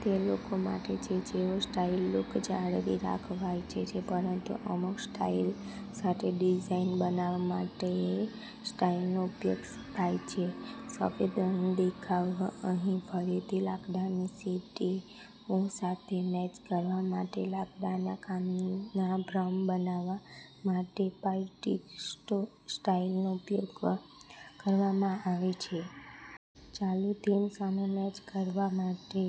તે લોકો માટે છે જેઓ સ્ટીલ લુક જાળવી રાખવા ઈચ્છે છે પરંતુ અમુક સ્ટાઈલ સાથે. ડિઝાઇન બનાવવા માટે સ્ટીલનો ઉપયોગ થાય છે. સફેદ રંગીન દેખાવ અહીં ફરીથી લાકડાની સીડીઓ સાથે મેચ કરવા માટે લાકડાના કામનો ભ્રમ બનાવવા માટે પેઇન્ટેડ સ્ટીલનો ઉપયોગ કરવામાં આવે છે. ચાલુ થીમ સાથે મેચ કરવા માટે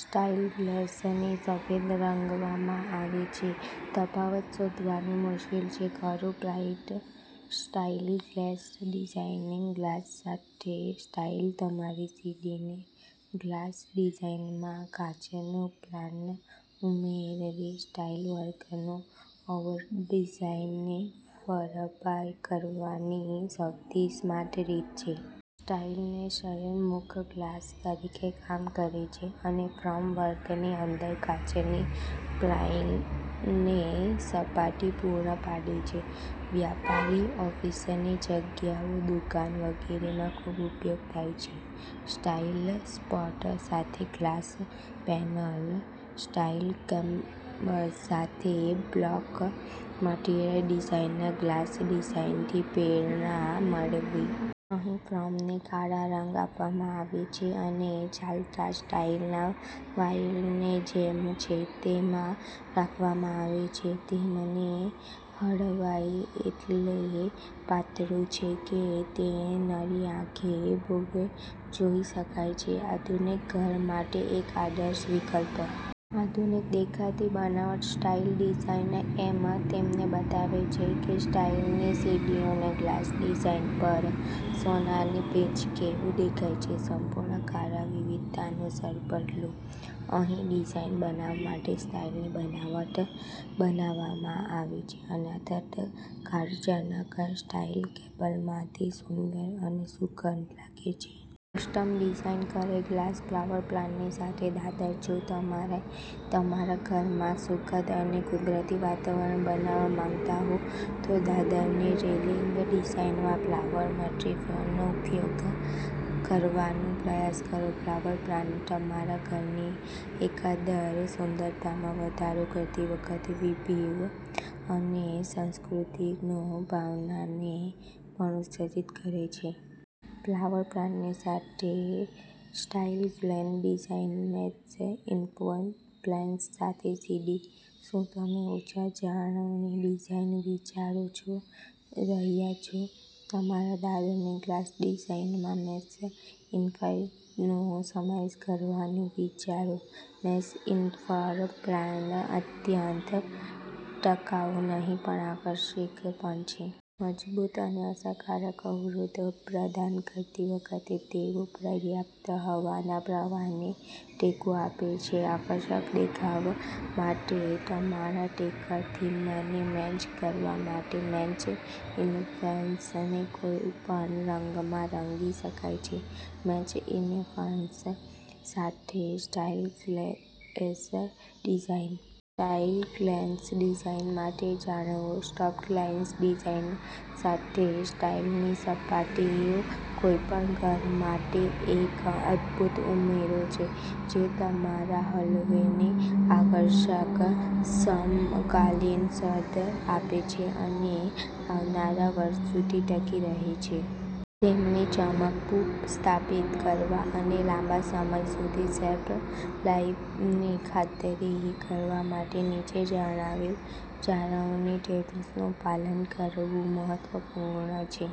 સ્ટીલ ગ્રિલ્સને સફેદ રંગવામાં આવે છે. તફાવત શોધવાનું મુશ્કેલ છે ખરું? Painted steel grill design glass સાથે સ્ટીલ તમારી સીડીની ગ્રીલ ડિઝાઇનમાં કાચની પેનલ ઉમેરવી સ્ટીલવર્કના ઓવરડોઝની ભરપાઈ કરવાની સૌથી સ્માર્ટ રીત છે. સ્ટીલના સળિયા મુખ્ય ગ્રીલ તરીકે કામ કરે છે અને ફ્રેમવર્કની અંદર કાચની પેનલોને સપોર્ટ પૂરો પાડે છે. વ્યાપારી, ઓફિસની જગ્યાઓ, દુકાનો વગેરેમાં ખૂબ ઉપયોગ થાય છે. સ્ટીલ સપોર્ટ સાથે ગ્લાસ પેનલ્સ, સ્ટીલ કેબલ્સ સાથે બ્લેક મેટલ સીડીની ગ્રીલ ડિઝાઇનથી પ્રેરણા મેળવો. અહીં ફ્રેમને કાળો રંગ આપવામાં આવ્યો છે અને ચાલતા સ્ટીલના વાયરને જેમ છે તેમ રાખવામાં આવ્યા છે. તેમની પહોળાઈ એટલી પાતળી છે કે તે નરી આંખે ભાગ્યે જોઈ શકાય છે. આધુનિક ઘરો માટે એક આદર્શ વિકલ્પ. આધુનિક દેખાવ બનાવટી સ્ટીલ ડિઝાઇન અમે તમને બતાવ્યું છે કે સ્ટીલની સીડીની ગ્રીલ ડિઝાઇન પર સોનાનો પેચ કેવો દેખાય છે. સંપૂર્ણ કાળી વિવિધતાનો સંદર્ભ લો. અહીં ડિઝાઇન બનાવવા માટે સ્ટીલને બનાવટી બનાવવામાં આવે છે અન્યથા કંટાળાજનક સ્ટીલ કેબલમાં તે સુંદર અને સુઘડ લાગે છે. કસ્ટમ ડિઝાઇન કરેલ ગ્રિલ્સ ફ્લોરલ પેટર્ન સાથે દાદર જો તમે તમારા ઘરમાં સુખદ અને કુદરતી વાતાવરણ બનાવવા માંગતા હો, તો દાદરની રેલિંગ ડિઝાઇનમાં ફ્લોરલ મોટિફ્સનો ઉપયોગ કરવાનો પ્રયાસ કરો. ફ્લોરલ પેટર્ન તમારા ઘરની એકંદર સુંદરતામાં વધારો કરતી વખતે વૈભવી અને સંસ્કારિતાની ભાવનાને પણ ઉત્તેજિત કરે છે. ફ્લોરલ પેટર્ન સાથે steel grill design, mesh infill panels સાથે સીડી, શું તમે ઓછા-જાળવણી ડિઝાઇન વિચારો શોધી રહ્યાં છો? તમારી દાદરની ગ્રીલ ડિઝાઇનમાં મેશ ઇન્ફિલ્સનો સમાવેશ કરવાનું વિચારો. મેશ ઇન્ફિલ પેનલ અત્યંત ટકાઉ નહીં પણ આકર્ષક પણ છે. મજબૂત અને અસરકારક અવરોધ પ્રદાન કરતી વખતે તેઓ પર્યાપ્ત હવાના પ્રવાહને ટેકો આપે છે. આકર્ષક દેખાવ માટે તમારી ડેકોર થીમને મેચ કરવા માટે મેશ ઇન્ફિલ્સને કોઈપણ રંગમાં રંગી શકાય છે. મેશ ઇન્ફિલ્સ સાથે steel grill design. Steel grill design માટે જાળવણી ટિપ્સ ગ્રીલ ડિઝાઇન સાથે સ્ટીલની સીડીઓ કોઈપણ ઘર માટે એક અદભૂત ઉમેરો છે જે તમારા હોલવેને આકર્ષક, સમકાલીન સ્પર્શ આપે છે અને આવનારા વર્ષો સુધી ટકી રહે છે. તેમની ચમક પુનઃસ્થાપિત કરવા અને લાંબા સમય સુધી શેલ્ફ લાઇફની ખાતરી કરવા માટે, નીચે જણાવેલી જાળવણી ટીપ્સનું પાલન કરવું મહત્વપૂર્ણ છે.